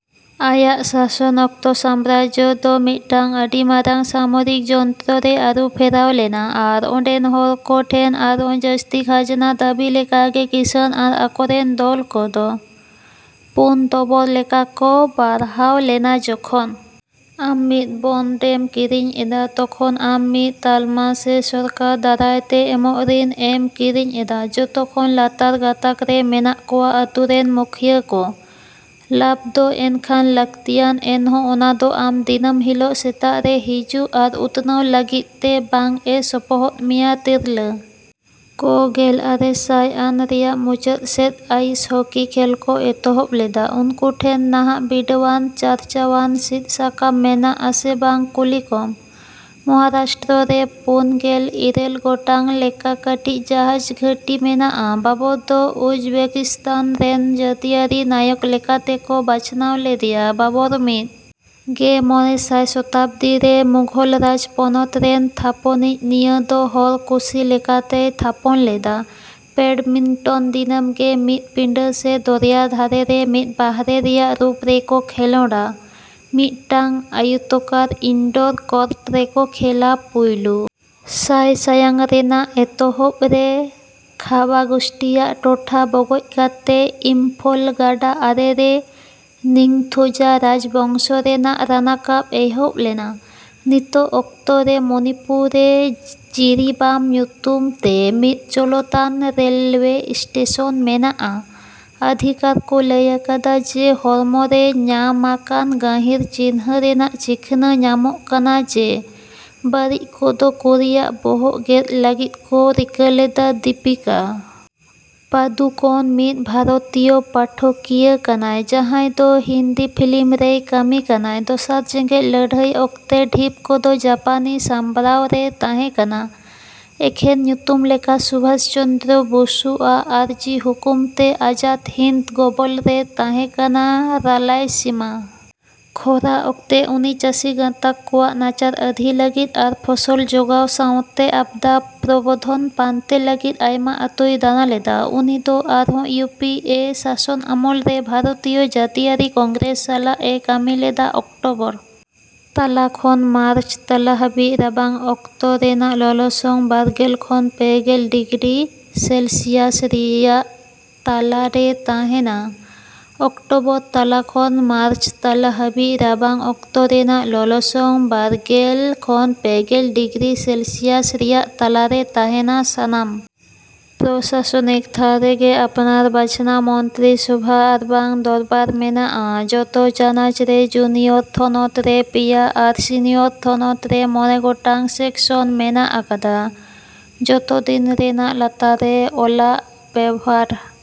ᱟᱭᱟᱜ ᱥᱟᱥᱚᱱ ᱚᱠᱛᱚ, ᱥᱟᱢᱨᱟᱡᱽᱡᱚ ᱫᱚ ᱢᱤᱫᱴᱟᱝ ᱟᱹᱰᱤ ᱢᱟᱨᱟᱝ ᱥᱟᱢᱚᱨᱤᱠ ᱡᱚᱱᱛᱨᱚ ᱨᱮ ᱟᱹᱨᱩ ᱯᱷᱮᱨᱟᱣ ᱞᱮᱱᱟ ᱟᱨ ᱚᱸᱰᱮᱱ ᱦᱚᱲ ᱠᱚ ᱴᱷᱮᱱ ᱟᱨᱦᱚᱸ ᱡᱟᱹᱥᱛᱤ ᱠᱷᱟᱡᱽᱱᱟ ᱫᱟᱹᱵᱤ ᱞᱮᱠᱟᱜᱮ ᱠᱤᱥᱟᱹᱲ ᱟᱨ ᱟᱠᱚᱨᱮᱱ ᱫᱚᱞ ᱠᱚᱫᱚ ᱯᱳᱱ ᱫᱚᱵᱚᱲ ᱞᱮᱠᱟ ᱠᱚ ᱵᱟᱲᱦᱟᱣ ᱞᱮᱱᱟ᱾ᱡᱚᱠᱷᱚᱱ ᱟᱢ ᱢᱤᱫ ᱵᱚᱱᱰ ᱮᱢ ᱠᱤᱨᱤᱧ ᱮᱫᱟ, ᱛᱚᱠᱷᱚᱱ ᱟᱢ ᱢᱤᱫ ᱛᱟᱞᱢᱟ ᱥᱮ ᱥᱚᱨᱠᱟᱨ ᱫᱟᱨᱟᱭ ᱛᱮ ᱮᱢᱚᱜ ᱨᱤᱱ ᱮᱢ ᱠᱤᱨᱤᱧ ᱮᱫᱟ᱾ᱡᱚᱛᱚ ᱠᱷᱚᱱ ᱞᱟᱛᱟᱨ ᱜᱟᱸᱛᱟᱠ ᱨᱮ ᱢᱮᱱᱟᱜ ᱠᱚᱣᱟ ᱟᱛᱩ ᱨᱮᱱ ᱢᱩᱠᱷᱤᱭᱟᱹ ᱠᱚ᱾ᱞᱟᱵᱷᱫᱚ ᱮᱱᱠᱷᱟᱱ ᱞᱟᱹᱠᱛᱤᱭᱟᱱ, ᱮᱱᱦᱚᱸ ᱚᱱᱟᱫᱚ ᱟᱢ ᱫᱤᱱᱟᱹᱢ ᱦᱤᱞᱳᱜ ᱥᱮᱛᱟᱜᱽᱨᱮ ᱦᱤᱡᱩᱜ ᱟᱨ ᱩᱛᱱᱟᱹᱣ ᱞᱟᱹᱜᱤᱫᱛᱮ ᱵᱟᱝᱼᱮ ᱥᱚᱯᱚᱦᱚᱫ ᱢᱮᱭᱟ᱾ᱛᱤᱨᱞᱟᱹ ᱠᱚ ᱜᱮᱞ ᱟᱨᱮ ᱥᱟᱭ ᱟᱱ ᱨᱮᱭᱟᱜ ᱢᱩᱪᱟᱹᱫ ᱥᱮᱫ ᱟᱭᱤᱥ ᱦᱚᱠᱤ ᱠᱷᱮᱞ ᱠᱚ ᱮᱛᱚᱦᱚᱵ ᱞᱮᱫᱟ᱾ᱩᱱᱠᱩ ᱴᱷᱮᱱ ᱱᱟᱦᱟᱜ ᱵᱤᱰᱟᱣᱟᱱᱼᱪᱟᱨᱪᱟᱣᱟᱱ ᱥᱤᱫᱥᱟᱠᱟᱢ ᱢᱮᱱᱟᱜ ᱟᱥᱮ ᱵᱟᱝ ᱠᱩᱞᱤᱠᱚᱢ᱾ᱢᱚᱦᱟᱨᱟᱥᱴᱨᱚ ᱨᱮ ᱯᱳᱱ ᱜᱮᱞ ᱤᱨᱟᱹᱞ ᱜᱚᱴᱟᱝ ᱞᱮᱠᱟ ᱠᱟᱹᱴᱤᱡ ᱡᱟᱦᱟᱡᱽ ᱜᱷᱟᱹᱴᱤ ᱢᱮᱱᱟᱜᱼᱟ᱾ᱵᱟᱵᱚᱨ ᱫᱚ ᱩᱡᱽᱵᱮᱠᱤᱥᱛᱟᱱ ᱨᱮᱱ ᱡᱟᱹᱛᱤᱭᱟᱹᱨᱤ ᱱᱟᱭᱚᱠ ᱞᱮᱠᱟᱛᱮᱠᱚ ᱵᱟᱪᱷᱱᱟᱣ ᱞᱮᱫᱮᱭᱟ᱾ᱵᱟᱵᱚᱨ, ᱢᱤᱫ ᱜᱮ ᱢᱚᱬᱮᱸ ᱥᱟᱭ ᱥᱚᱛᱟᱵᱽᱫᱤ ᱨᱮ ᱢᱩᱜᱷᱳᱞ ᱨᱟᱡᱽ ᱯᱚᱱᱚᱛᱨᱮᱱ ᱛᱷᱟᱯᱚᱱᱤᱡ, ᱱᱤᱭᱟᱹ ᱫᱚ ᱦᱚᱲᱠᱩᱥᱤ ᱞᱮᱠᱟᱛᱮᱭ ᱛᱷᱟᱯᱚᱱ ᱞᱮᱫᱟ᱾ᱵᱮᱰᱢᱤᱱᱴᱚᱱ ᱫᱤᱱᱟᱹᱢ ᱜᱮ ᱢᱤᱫ ᱯᱤᱸᱰᱟᱹ ᱥᱮ ᱫᱚᱨᱭᱟ ᱫᱷᱟᱨᱮ ᱨᱮ ᱢᱤᱫ ᱵᱟᱦᱨᱮ ᱨᱮᱭᱟᱜᱽ ᱨᱩᱯ ᱨᱮᱠᱚ ᱠᱷᱮᱞᱳᱰᱟ, ᱢᱤᱫ ᱴᱟᱝ ᱟᱭᱚᱛᱚᱠᱟᱨ ᱤᱱᱰᱚᱨ ᱠᱚᱨᱴ ᱨᱮᱠᱚ ᱠᱷᱮᱞᱟ᱾ᱯᱩᱭᱞᱳ ᱥᱟᱭᱥᱟᱭᱟᱝ ᱨᱮᱱᱟᱜ ᱮᱛᱚᱦᱵ ᱨᱮ, ᱠᱷᱟᱵᱟ ᱜᱳᱥᱴᱤᱭᱟᱜ ᱴᱚᱴᱷᱟ ᱵᱚᱜᱚᱡ ᱠᱟᱛᱮ, ᱤᱢᱯᱷᱚᱞ ᱜᱟᱰᱟ ᱟᱲᱮᱨᱮ ᱱᱤᱝᱛᱷᱳᱡᱟ ᱨᱟᱡᱽ ᱵᱚᱝᱥᱚ ᱨᱮᱱᱟᱜ ᱨᱟᱱᱟ ᱠᱟᱯ ᱮᱦᱚᱵ ᱞᱮᱱᱟ᱾ᱱᱤᱛᱚᱜ ᱚᱠᱛᱚ ᱨᱮ ᱢᱚᱱᱤᱯᱩᱨ ᱨᱮ ᱡᱤᱨᱤᱵᱟᱢ ᱧᱩᱛᱩᱢᱛᱮ ᱢᱤᱫ ᱪᱚᱞᱚᱛᱟᱱ ᱨᱮᱞᱣᱮ ᱥᱴᱮᱥᱚᱱ ᱢᱮᱱᱟᱜᱼᱟ᱾ᱟᱫᱷᱤᱠᱟᱨ ᱠᱚ ᱞᱟᱹᱭ ᱟᱠᱟᱫᱟ ᱡᱮ ᱦᱚᱲᱢᱚ ᱨᱮ ᱧᱟᱢ ᱟᱠᱟᱱ ᱜᱟᱹᱦᱤᱨ ᱪᱤᱱᱦᱟᱹ ᱨᱮᱱᱟᱜ ᱪᱤᱠᱷᱱᱟᱹ ᱧᱟᱢᱚᱜ ᱠᱟᱱᱟ ᱡᱮ ᱵᱟᱹᱲᱤᱡ ᱠᱚ ᱫᱚ ᱠᱩᱲᱤᱭᱟᱜ ᱵᱚᱦᱚᱜ ᱜᱮᱫᱽ ᱞᱟᱹᱜᱤᱫ ᱠᱚ ᱨᱤᱠᱟᱹ ᱞᱮᱫᱟ᱾ᱫᱤᱯᱤᱠᱟ ᱯᱟᱫᱩᱠᱚᱱ ᱢᱤᱫ ᱵᱷᱟᱨᱚᱛᱤᱭᱚ ᱯᱟᱴᱷᱚᱠᱤᱭᱟᱹ ᱠᱟᱱᱟᱭ ᱡᱟᱸᱦᱟᱭ ᱫᱚ ᱦᱤᱱᱫᱤ ᱯᱷᱤᱞᱤᱢ ᱨᱮᱭ ᱠᱟᱹᱢᱤ ᱠᱟᱱᱟᱭ᱾ᱫᱚᱥᱟᱨ ᱡᱮᱜᱮᱫ ᱞᱟᱹᱲᱦᱟᱹᱭ ᱚᱠᱛᱮ, ᱰᱷᱤᱯ ᱠᱚᱫᱚ ᱡᱟᱯᱟᱱᱤ ᱥᱟᱢᱵᱲᱟᱣ ᱨᱮ ᱛᱟᱦᱮᱸᱠᱟᱱᱟ, ᱮᱠᱷᱮᱱ ᱧᱩᱛᱩᱢ ᱞᱮᱠᱟ ᱥᱩᱵᱷᱟᱥ ᱪᱚᱱᱫᱚᱨᱚ ᱵᱚᱥᱩ ᱟᱜ ᱟᱨᱡᱤ ᱦᱚᱠᱩᱢ ᱛᱮ ᱟᱡᱟᱫᱽ ᱦᱤᱱᱫᱽ ᱜᱚᱵᱚᱞ ᱨᱮ ᱛᱟᱦᱮᱸᱠᱟᱱᱟ᱾ᱨᱟᱞᱟᱭᱥᱤᱢᱟ ᱠᱷᱚᱨᱟ ᱚᱠᱛᱮ, ᱩᱱᱤ ᱪᱟᱹᱥᱤ ᱜᱟᱸᱛᱟᱠ ᱠᱚᱣᱟᱜ ᱱᱟᱪᱟᱨ ᱟᱹᱫᱷᱤ ᱞᱟᱹᱜᱤᱫ ᱟᱨ ᱯᱷᱚᱥᱚᱞ ᱡᱚᱜᱟᱣ ᱥᱟᱶᱛᱮ ᱟᱯᱫᱟ ᱯᱨᱚᱵᱚᱸᱫᱷᱚᱱ ᱯᱟᱱᱛᱮ ᱞᱟᱹᱜᱤᱫ ᱟᱭᱢᱟ ᱟᱹᱛᱩᱭ ᱫᱟᱲᱟ ᱞᱮᱫᱟ᱾ᱩᱱᱤᱫᱚ ᱟᱨᱦᱚᱸ ᱤᱭᱩ ᱯᱤ ᱮ ᱥᱟᱥᱚᱱ ᱟᱢᱚᱞ ᱨᱮ ᱵᱷᱟᱨᱚᱛᱤᱭᱚ ᱡᱟᱹᱛᱤᱭᱟᱹᱨᱤ ᱠᱚᱝᱜᱨᱮᱥ ᱥᱟᱞᱟᱜᱼᱮ ᱠᱟᱹᱢᱤ ᱞᱮᱫᱟ᱾ᱚᱠᱴᱚᱵᱚᱨ ᱛᱟᱞᱟ ᱠᱷᱚᱱ ᱢᱟᱨᱪ ᱛᱟᱞᱟ ᱦᱟᱹᱵᱤᱡ ᱨᱟᱵᱟᱝ ᱚᱠᱛᱚ ᱨᱮᱱᱟᱜ ᱞᱚᱞᱚᱥᱚᱝ ᱵᱟᱨ ᱜᱮᱞ ᱠᱷᱚᱱ ᱯᱮ ᱜᱮᱞ ᱰᱤᱜᱽᱨᱤ ᱥᱮᱞᱥᱤᱭᱟᱥ ᱨᱮᱭᱟᱜ ᱛᱟᱞᱟ ᱨᱮ ᱛᱟᱦᱮᱸᱱᱟ᱾ᱚᱠᱴᱚᱵᱚᱨ ᱛᱟᱞᱟ ᱠᱷᱚᱱ ᱢᱟᱨᱪ ᱛᱟᱞᱟ ᱦᱟᱹᱵᱤᱡ ᱨᱟᱵᱟᱝ ᱚᱠᱛᱚ ᱨᱮᱱᱟᱜ ᱞᱚᱞᱚᱥᱚᱝ ᱵᱟᱨ ᱜᱮᱞ ᱠᱷᱚᱱ ᱯᱮ ᱜᱮᱞ ᱰᱤᱜᱽᱨᱤ ᱥᱮᱞᱥᱤᱭᱟᱥ ᱨᱮᱭᱟᱜ ᱛᱟᱞᱟ ᱨᱮ ᱛᱟᱦᱮᱸᱱᱟ᱾ᱥᱟᱱᱟᱢ ᱯᱨᱚᱥᱟᱥᱚᱱᱤᱠ ᱛᱷᱟᱨ ᱨᱮᱜᱮ ᱟᱯᱱᱟᱨ ᱵᱟᱪᱷᱱᱟᱶ ᱢᱚᱱᱛᱨᱤ ᱥᱚᱵᱷᱟ ᱟᱨᱵᱟᱝ ᱫᱚᱨᱵᱟᱨ ᱢᱮᱱᱟᱜᱼᱟ᱾ᱡᱚᱛᱚ ᱪᱟᱱᱟᱪᱨᱮ ᱡᱩᱱᱤᱭᱚᱨ ᱛᱷᱚᱱᱚᱛ ᱨᱮ ᱯᱮᱭᱟ ᱟᱨ ᱥᱤᱱᱤᱭᱚᱨ ᱛᱷᱚᱱᱚᱛ ᱨᱮ ᱢᱚᱬᱮ ᱜᱚᱴᱟᱝ ᱥᱮᱠᱥᱚᱱ ᱢᱮᱱᱟᱜ ᱟᱠᱟᱫᱟ᱾ᱡᱚᱛᱚ ᱫᱤᱱ ᱨᱮᱱᱟᱜ ᱞᱟᱛᱟᱨ ᱨᱮ ᱚᱞᱟᱜ ᱵᱮᱵᱷᱟᱨ